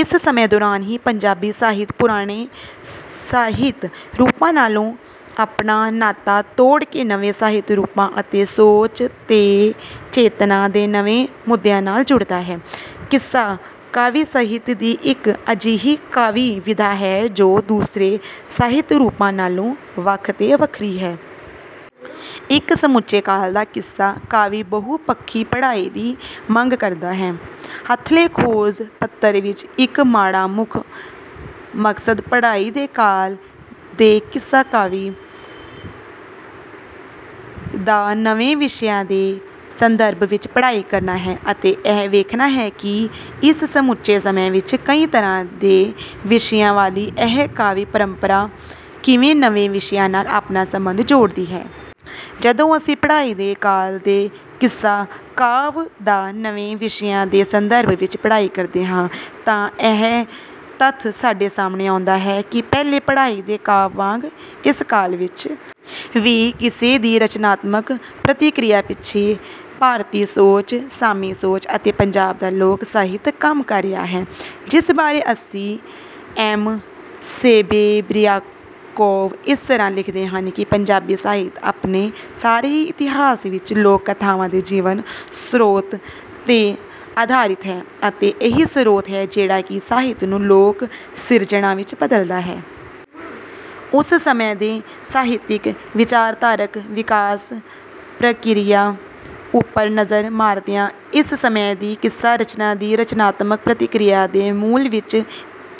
ਇਸ ਸਮੇਂ ਦੌਰਾਨ ਹੀ ਪੰਜਾਬੀ ਸਾਹਿਤ ਪੁਰਾਣੇ ਸਾਹਿਤ ਰੂਪਾਂ ਨਾਲੋਂ ਆਪਣਾ ਨਾਤਾ ਤੋੜ ਕੇ ਨਵੇਂ ਸਾਹਿਤ ਰੂਪਾਂ ਅਤੇ ਸੋਚ ਤੇ ਚੇਤਨਾ ਦੇ ਨਵੇਂ ਮੁੱਦਿਆਂ ਨਾਲ ਜੁੜਦਾ ਹੈ। ਕਿੱਸਾ ਕਾਵਿ ਸਾਹਿਤ ਦੀ ਇੱਕ ਅਜਿਹੀ ਕਾਵਿ ਵਿਧਾ ਹੈ ਜੋ ਦੂਸਰੇ ਸਾਹਿਤ ਰੂਪਾਂ ਨਾਲੋਂ ਵੱਖ ਤੇ ਵੱਖਰੀ ਹੈ। ਇਸ ਸਮੁੱਚੇ ਕਾਲ ਦਾ ਕਿੱਸਾ ਕਾਵਿ ਬਹੁ ਪੱਖੀ ਪੜ੍ਹਾਈ ਦੀ ਮੰਗ ਕਰਦਾ ਹੈ। ਹੱਥਲੇ ਖੋਜ ਪੱਤਰ ਵਿੱਚ ਸਾਡਾ ਮੁੱਖ ਮਕਸਦ ਪੜ੍ਹਾਈ ਦੇ ਕਾਲ ਦੇ ਕਿੱਸਾ ਕਾਵਿ ਦਾ ਨਵੇਂ ਵਿਸ਼ਿਆਂ ਦੇ ਸੰਦਰਭ ਵਿੱਚ ਪੜ੍ਹਾਈ ਕਰਨਾ ਹੈ ਅਤੇ ਇਹ ਵੇਖਣਾ ਹੈ ਕਿ ਇਸ ਸਮੁੱਚੇ ਸਮੇਂ ਵਿੱਚ ਕਈ ਤਰ੍ਹਾਂ ਦੇ ਵਿਸ਼ਿਆਂ ਵਾਲੀ ਇਹ ਕਾਵਿ ਪਰੰਪਰਾ ਕਿੰਨੇ ਨਵੇਂ ਵਿਸ਼ਿਆਂ ਨਾਲ ਆਪਣਾ ਸਬੰਧ ਜੋੜਦੀ ਹੈ। ਜਦੋਂ ਅਸੀਂ ਪੜ੍ਹਾਈ ਦੇ ਕਾਲ ਦੇ ਕਿੱਸਾ ਕਾਵਿ ਦਾ ਨਵੇਂ ਵਿਸ਼ਿਆਂ ਦੇ ਸੰਦਰਭ ਵਿੱਚ ਪੜ੍ਹਾਈ ਕਰਦੇ ਹਾਂ ਤਾਂ ਇਹ ਤੱਥ ਸਾਡੇ ਸਾਹਮਣੇ ਆਉਂਦਾ ਹੈ ਕਿ ਪਹਿਲੇ ਪੜ੍ਹਾਈ ਦੇ ਕਾਲ ਵਾਂਗ ਇਸ ਕਾਲ ਵਿੱਚ ਵੀ ਕਿੱਸੇ ਦੀ ਰਚਨਾਤਮਕ ਪ੍ਰਤੀਕਿਰਿਆ ਪਿੱਛੇ ਭਾਰਤੀ ਸੋਚ ਸਾਮੀ ਸੋਚ ਅਤੇ ਪੰਜਾਬ ਦਾ ਲੋਕ ਸਾਹਿਤ ਕੰਮ ਕਰ ਰਿਹਾ ਹੈ ਜਿਸ ਬਾਰੇ ਆਈ ਐਮ ਸੇਰੇਬ੍ਰਿਆਕੋਵ ਇਸ ਤਰ੍ਹਾਂ ਲਿਖਦੇ ਹਨ ਕਿ ਪੰਜਾਬੀ ਸਾਹਿਤ ਆਪਣੇ ਸਾਰੇ ਹੀ ਇਤਿਹਾਸ ਵਿੱਚ ਲੋਕ ਕਥਾਵਾਂ ਦੇ ਜੀਵਨ ਸਰੋਤ ਤੇ ਆਧਾਰਿਤ ਹੈ ਅਤੇ ਇਹੀ ਸਰੋਤ ਹੈ ਜਿਹੜਾ ਕਿ ਸਾਹਿਤ ਨੂੰ ਲੋਕ ਸਿਰਜਣਾ ਵਿੱਚ ਬਦਲਦਾ ਹੈ। ਉਸ ਸਮੇਂ ਦੇ ਸਾਹਿਤਿਕ ਵਿਚਾਰਧਾਰਕ ਵਿਕਾਸ ਪ੍ਰਕਿਰਿਆ ਉੱਪਰ ਨਜ਼ਰ ਮਾਰਦਿਆਂ ਇਸ ਸਮੇਂ ਦੀ ਕਿੱਸਾ ਰਚਨਾ ਦੀ ਰਚਨਾਤਮਕ ਪ੍ਰਤੀਕਿਰਿਆ ਦੇ ਮੂਲ ਵਿੱਚ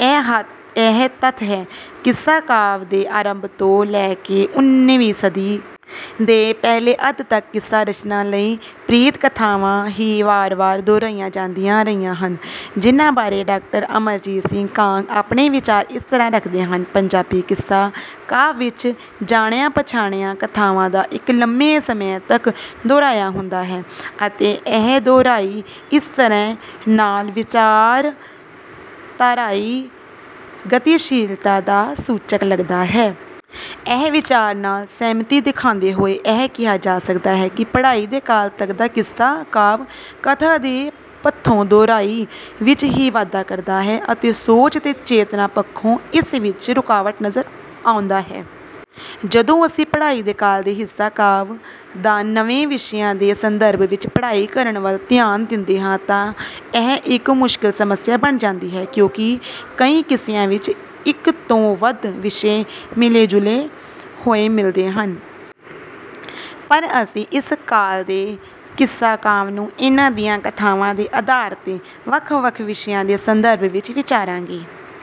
ਇਹ ਤੱਥ ਹੈ। ਕਿੱਸਾ ਕਾਵਿ ਦੇ ਆਰੰਭ ਤੋਂ ਲੈ ਕੇ ਉਨ੍ਹੀਵੀਂ ਸਦੀ ਦੇ ਪਹਿਲੇ ਅੱਧ ਤੱਕ ਕਿੱਸਾ ਰਚਨਾ ਲਈ ਪ੍ਰੀਤ ਕਥਾਵਾਂ ਹੀ ਵਾਰ ਵਾਰ ਦੁਹਰਾਈਆਂ ਜਾਂਦੀਆਂ ਰਹੀਆਂ ਹਨ ਜਿਹਨਾਂ ਬਾਰੇ ਡਾ ਅਮਰਜੀਤ ਸਿੰਘ ਕਾਂਗ ਆਪਣੇ ਵਿਚਾਰ ਇਸ ਤਰ੍ਹਾਂ ਰੱਖਦੇ ਹਨ ਪੰਜਾਬੀ ਕਿੱਸਾ ਕਾਵਿ ਵਿੱਚ ਜਾਣੀਆਂ ਪਛਾਣੀਆਂ ਕਥਾਵਾਂ ਦਾ ਇੱਕ ਲੰਮੇ ਸਮੇਂ ਤੱਕ ਦੁਹਰਾਉ ਹੁੰਦਾ ਹੈ ਅਤੇ ਇਹ ਦੁਹਰਾਉ ਇਸ ਤਰ੍ਹਾਂ ਨਾਲ ਵਿਚਾਰਧਾਰਾਈ ਗਤੀਸ਼ੀਲਤਾ ਦਾ ਸੂਚਕ ਲੱਗਦਾ ਹੈ। ਇਸ ਵਿਚਾਰ ਨਾਲ ਸਹਿਮਤੀ ਦਿਖਾਉਂਦੇ ਹੋਏ ਇਹ ਕਿਹਾ ਜਾ ਸਕਦਾ ਹੈ ਕਿ ਪੜ੍ਹਾਈ ਦੇ ਕਾਲ ਤੱਕ ਦਾ ਕਿੱਸਾ ਕਾਵਿ ਕਥਾ ਦੇ ਪੱਖੋਂ ਦੁਹਰਾਉ ਵਿੱਚ ਹੀ ਵਾਧਾ ਕਰਦਾ ਹੈ ਅਤੇ ਸੋਚ ਤੇ ਚੇਤਨਾ ਪੱਖੋਂ ਇਸ ਵਿੱਚ ਰੁਕਾਵਟ ਨਜ਼ਰ ਆਉਂਦਾ ਹੈ। ਜਦੋਂ ਅਸੀਂ ਪੜ੍ਹਾਈ ਦੇ ਕਾਲ ਦੇ ਕਿੱਸਾ ਕਾਵਿ ਦਾ ਨਵੇਂ ਵਿਸ਼ਿਆਂ ਦੇ ਸੰਦਰਭ ਵਿੱਚ ਪੜ੍ਹਾਈ ਕਰਨ ਵੱਲ ਧਿਆਨ ਦਿੰਦੇ ਹਾਂ ਤਾਂ ਇਹ ਇੱਕ ਮੁਸ਼ਕਲ ਸਮੱਸਿਆ ਬਣ ਜਾਂਦੀ ਹੈ ਕਿਉਂਕਿ ਕਈ ਕਿੱਸਿਆਂ ਵਿੱਚ ਇੱਕ ਤੋਂ ਵੱਧ ਵਿਸ਼ੇ ਮਿਲੇ ਜੁਲੇ ਹੋਏ ਮਿਲਦੇ ਹਨ। ਪਰ ਅਸੀਂ ਇਸ ਕਾਲ ਦੇ ਕਿੱਸਾ ਕਾਵਿ ਨੂੰ ਇਨ੍ਹਾਂ ਦੀਆਂ ਕਥਾਵਾਂ ਦੇ ਆਧਾਰ ਤੇ ਵੱਖ ਵੱਖ ਵਿਸ਼ਿਆਂ ਦੇ ਸੰਦਰਭ ਵਿੱਚ ਵਿਚਾਰਾਂਗੇ।